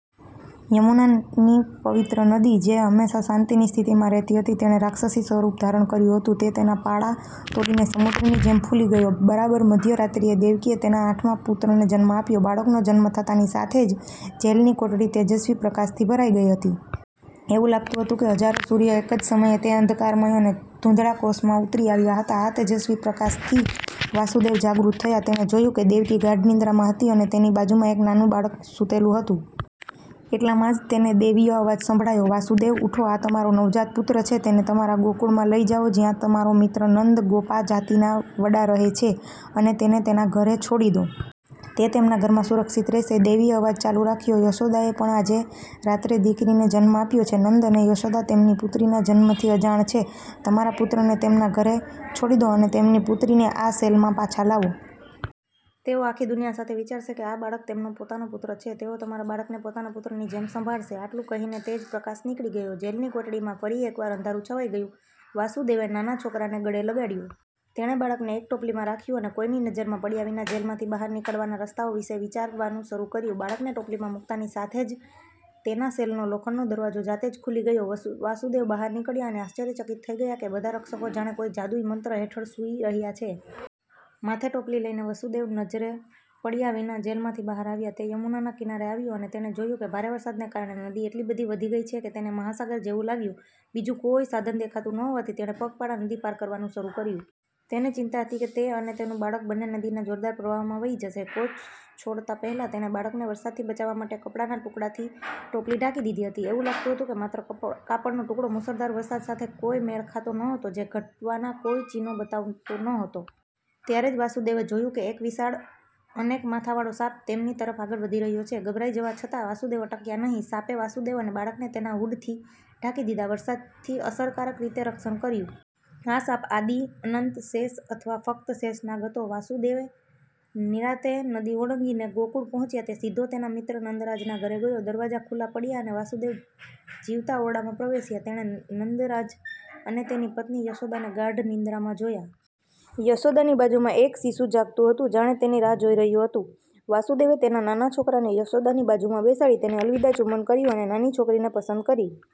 યમુનાની પવિત્ર નદી, જે હંમેશા શાંતિની સ્થિતિમાં રહેતી હતી, તેણે રાક્ષસી સ્વરૂપ ધારણ કર્યું હતું. તે તેના પાળા તોડીને સમુદ્રની જેમ ફૂલી ગયો. બરાબર મધ્યરાત્રિએ, દેવકીએ તેના આઠમા પુત્રને જન્મ આપ્યો. બાળકનો જન્મ થતાંની સાથે જ જેલની કોટડી તેજસ્વી પ્રકાશથી ભરાઈ ગઈ હતી. એવું લાગતું હતું કે હજારો સૂર્ય એક જ સમયે, તે અંધકારમય અને ધૂંધળા કોષમાં ઉતરી આવ્યા હતા. આ તેજસ્વી પ્રકાશથી વાસુદેવ જાગૃત થયા. તેણે જોયું કે દેવકી ગાઢ નિંદ્રામાં હતી અને તેની બાજુમાં એક નાનું બાળક સૂતેલું હતું. એટલામાં જ તેને દૈવી અવાજ સંભળાયો, વાસુદેવ, ઉઠો. આ તમારો નવજાત પુત્ર છે. તેને તમારા ગોકુળમાં લઈ જાઓ જ્યાં તમારો મિત્ર નંદ, ગોપા જાતિના વડા રહે છે, અને તેને તેના ઘરે છોડી દો. તે તેમના ઘરમાં સુરક્ષિત રહેશે. દૈવી અવાજ ચાલુ રાખ્યો, યશોદાએ પણ આજે રાત્રે દીકરીને જન્મ આપ્યો છે. નંદ અને યશોદા તેમની પુત્રીના જન્મથી અજાણ છે. તમારા પુત્રને તેમના ઘરે છોડી દો અને તેમની પુત્રીને આ સેલમાં પાછા લાવો. તેઓ આખી દુનિયા સાથે વિચારશે કે આ બાળક તેમનો પોતાનો પુત્ર છે. તેઓ તમારા બાળકને પોતાના પુત્રની જેમ સંભાળશે. આટલું કહીને તેજ પ્રકાશ નીકળી ગયો. જેલની કોટડીમાં ફરી એકવાર અંધારું છવાઈ ગયું. વાસુદેવે નાના છોકરાને ગળે લગાડ્યુ. તેણે બાળકને એક ટોપલીમાં રાખ્યું અને કોઈની નજરમાં પડ્યા વિના જેલમાંથી બહાર નીકળવાના રસ્તાઓ વિશે વિચારવાનું શરૂ કર્યું. બાળકને ટોપલીમાં મૂકતાની સાથે જ તેના સેલનો લોખંડનો દરવાજો જાતે જ ખુલી ગયો. વસુ વાસુદેવ બહાર નીકળ્યા અને આશ્ચર્યચકિત થઈ ગયા કે બધા રક્ષકો જાણે કોઈ જાદુઈ મંત્ર હેઠળ સૂઈ રહ્યા છે. માથે ટોપલી લઈને વસુદેવ નજરે પડ્યા વિના જેલમાંથી બહાર આવ્યા. તે યમુનાના કિનારે આવ્યો અને તેણે જોયું કે ભારે વરસાદને કારણે નદી એટલી બધી વધી ગઈ છે કે તેને મહાસાગર જેવું લાગ્યું. બીજું કોઈ સાધન દેખાતું ન હોવાથી તેણે પગપાળા નદી પાર કરવાનું શરૂ કર્યું. તેને ચિંતા હતી કે તે અને તેનું બાળક બંને નદીના જોરદાર પ્રવાહમાં વહી જશે. કોષ છોડતા પહેલા તેણે બાળકને વરસાદથી બચાવવા માટે કપડાના ટુકડાથી ટોપલી ઢાંકી દીધી હતી. એવું લાગતું હતું કે માત્ર કાપડનો ટુકડો મુશળધાર વરસાદ સાથે કોઈ મેળ ખાતો ન હતો જે ઘટવાના કોઈ ચિહ્નો બતાવતો ન હતો. ત્યારે જ, વાસુદેવે જોયું કે એક વિશાળ, અનેક માથાવાળો સાપ તેમની તરફ આગળ વધી રહ્યો છે. ગભરાઈ જવા છતાં વાસુદેવ અટક્યા નહિ. સાપે વાસુદેવ અને બાળકને તેના હૂડથી ઢાંકી દીધા, વરસાદથી અસરકારક રીતે રક્ષણ કર્યું. આ સાપ આદિ-અનંત શેષ અથવા ફક્ત શેષ નાગ હતો.. વાસુદેવ નિરાંતે નદી ઓળંગીને ગોકુળ પહોંચ્યા. તે સીધો તેના મિત્ર નંદરાજના ઘરે ગયો. દરવાજા ખુલ્લા પડ્યા અને વાસુદેવ જીવતા ઓરડામાં પ્રવેશ્યા. તેણે નંદરાજ અને તેની પત્ની યશોદાને ગાઢ નિંદ્રામાં જોયા. યશોદાની બાજુમાં એક શિશુ જાગતું હતું, જાણે તેની રાહ જોઈ રહ્યું હતું. વાસુદેવે તેના નાના છોકરાને યશોદાની બાજુમાં બેસાડી, તેને અલવિદા ચુંબન કર્યું અને નાની છોકરીને પસંદ કરી.